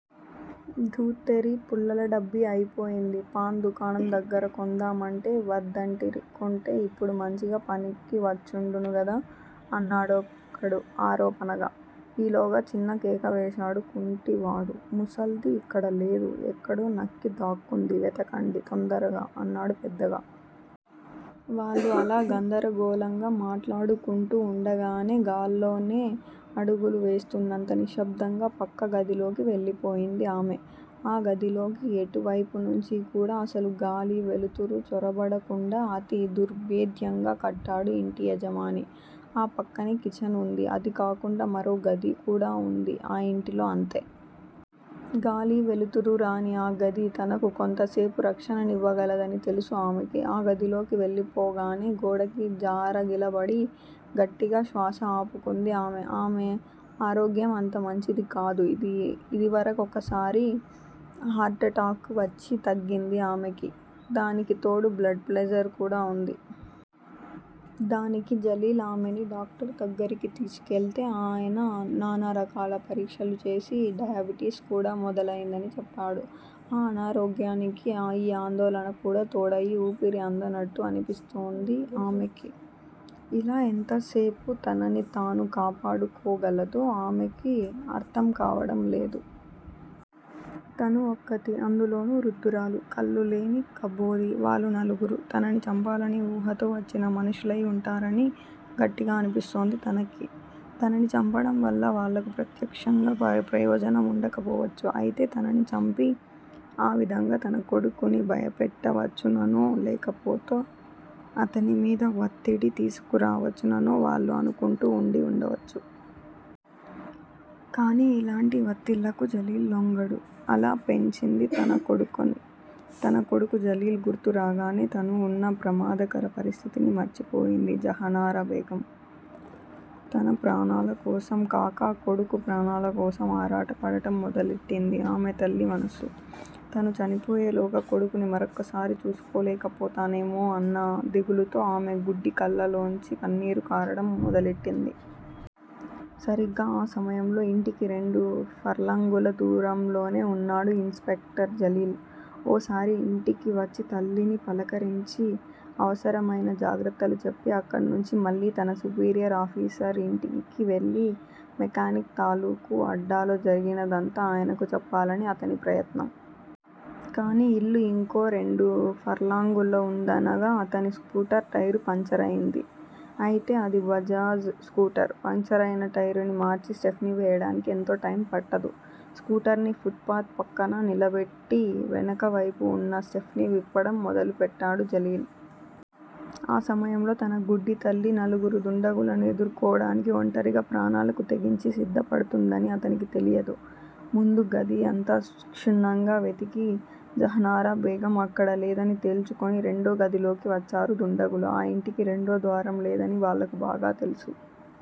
ధూత్తెరీ! పుల్లల డబ్బీ అయిపోయింది! పాన్ దుకాణం దగ్గర కొందామంటే వద్దంటిరి! కొంటే ఇప్పుడు మంచిగ పనికి వచ్చుండును గదా! అన్నాడొకడు ఆరోపణగా. ఈ లోగా చిన్న కేక వేశాడు కుంటివాడు ముసల్ది ఇక్కడ లేదు! ఎక్కడో నక్కి దాక్కుంది! వెదకండి! తొందరగా! అన్నాడు పెద్దగా. వాళ్ళు అలా గందరగోళంగా మాట్లాడుకుంటూ ఉండగానే గాల్లోనే అడుగులు వేస్తున్నంత నిశ్శబ్దంగా పక్క గదిలోకి వెళ్ళిపోయింది ఆమె. ఆ గదిలోకి ఎటు వైపునుంచీ కూడా అసలు గాలీ వెలుతురూ చొరబడకుండా అతి దుర్బేధ్యంగా కట్టాడు ఇంటి యజమాని. ఆపక్కనే కిచెన్ వుంది. అది కాకుండా మరో గది కూడా వుంది ఆ ఇంటిలో అంతే! గాలి వెలుతురూ రాని ఆ గది తనకు కొంతసేపు రక్షణనివ్వ గలదని తెలుసు ఆమెకి! ఆ గదిలోకి వెళ్ళిపోగానే గోడకి జారగిలబడి గట్టిగా శ్వాస తీసుకుంది ఆమె. ఆమె ఆరోగ్యం అంత మంచిది కాదు. ఇదివరకోసారి హార్టు ఎటాక్ వచ్చి తగ్గింది ఆమెకి. దానికి తోడు బ్లడ్ ప్రెషర్ వుంది. దానికి జలీల్ ఆమెని డాక్టర్ దగ్గరికి తీసుకెళ్తే అయన నానారకాల పరీక్షలు చేసి డయాబిటిస్ కూడా మొదలయిందని చెప్పాడు. ఆ అనారోగ్యానికి ఈ ఆందోళన కూడా తోడయి ఊపిరి అందనట్టు అనిపిస్తోంది ఆమెకి. ఇలా ఎంతసేపు తనని తాను కాపాడుకోగలదో ఆమెకి అర్ధం కావడం లేదు. తను ఒక్కతి. అందులోనూ వృద్దురాలు! కళ్ళులేని కబోది. వాళ్ళు నలుగురు! తనని చంపాలనే ఊహతో వచ్చిన మనుషులయి వుంటారని గట్టిగా అనిపిస్తోంది తనకి! తనని చంపడం వల్ల వాళ్ళకు ప్రత్యక్షంగా ప్రయోజనం వుండక పోవచ్చు. అయితే తనని చంపి ఆ విధంగా తన కొడుకుని భయపెట్ట వచ్చుననో లేకపోతే అతనిమీద వత్తిడి తీసుకురావచ్చుననో వాళ్ళు అనుకుంటూ ఉండి వుండవచ్చు. కానీ ఇలాంటి వత్తిళ్ళకు జలీల్ లొంగడు! అలా పెంచింది తన కొడుకుని! తన కొడుకు జలీల్ గుర్తు రాగానే తను ఉన్న ప్రమాదకర పరిస్థితిని మర్చిపోయింది జహనారా బేగం! తన ప్రాణాలకోసం కాక కొడుకు ప్రాణాలకోసం ఆరాటపడటం మొదలెట్టింది ఆమె తల్లి మనసు. తను చనిపోయేలోగా కొడుకుని మరొక్కసారి చూసుకోలేకపోతానేమో అన్న దిగులుతో ఆమె గుడ్డి కళ్ళలోనుంచి కన్నీరు కారడం మొదలెట్టింది. సరిగ్గా ఆ సమయంలో ఇంటికి రెండు ఫర్లాంగుల దూరంలోనే వున్నాడు ఇన్ స్పెక్టర్ జలీల్. ఓసారి ఇంటికి వచ్చి తల్లిని పలకరించి అవసరమయిన జాగ్రత్తలు చెప్పి అక్కడుంచి మళ్ళీ తన సుపీరియర్ ఆఫీసర్ ఇంటికి వెళ్ళి మెకానిక్ తాలూకు అడ్డాలో జరిగినదంతా ఆయనకు చెప్పాలని అతని ప్రయత్నం. కానీ ఇల్లు ఇంకో రెండు ఫర్లాంగులు ఉందనగా అతని స్కూటర్ టైరు పంక్చరయింది. అయితే అది బజాజ్ స్కూటర్. పంక్చరయిన టైరుని మార్చి స్టెప్నీ వెయ్యడానికి ఎంతో టైం పట్టదు. స్కూటర్ ని ఫుట్ పాత్ పక్కన నిలబెట్టి వెనకవైపు వున్న స్టెప్నీ విప్పడం మొదలుపెట్టాడు జలీల్. ఆ సమయంలో తన గుడ్డి తల్లి నలుగురు దుండగులను ఎదుర్కోవడానికి ఒంటరిగా ప్రాణాలకు తెగించి సిద్దపడుతుందని అతనికి తెలియదు! ముందుగది అంతా క్షుణ్ణంగా వెదికి జహనారా బేగం అక్కడ లేదని తేల్చుకుని రెండో గదిలోకి వచ్చారు దుండగులు. ఆ ఇంటికి రెండో ద్వారం లేదని వాళ్ళకు బాగా తెలుసు.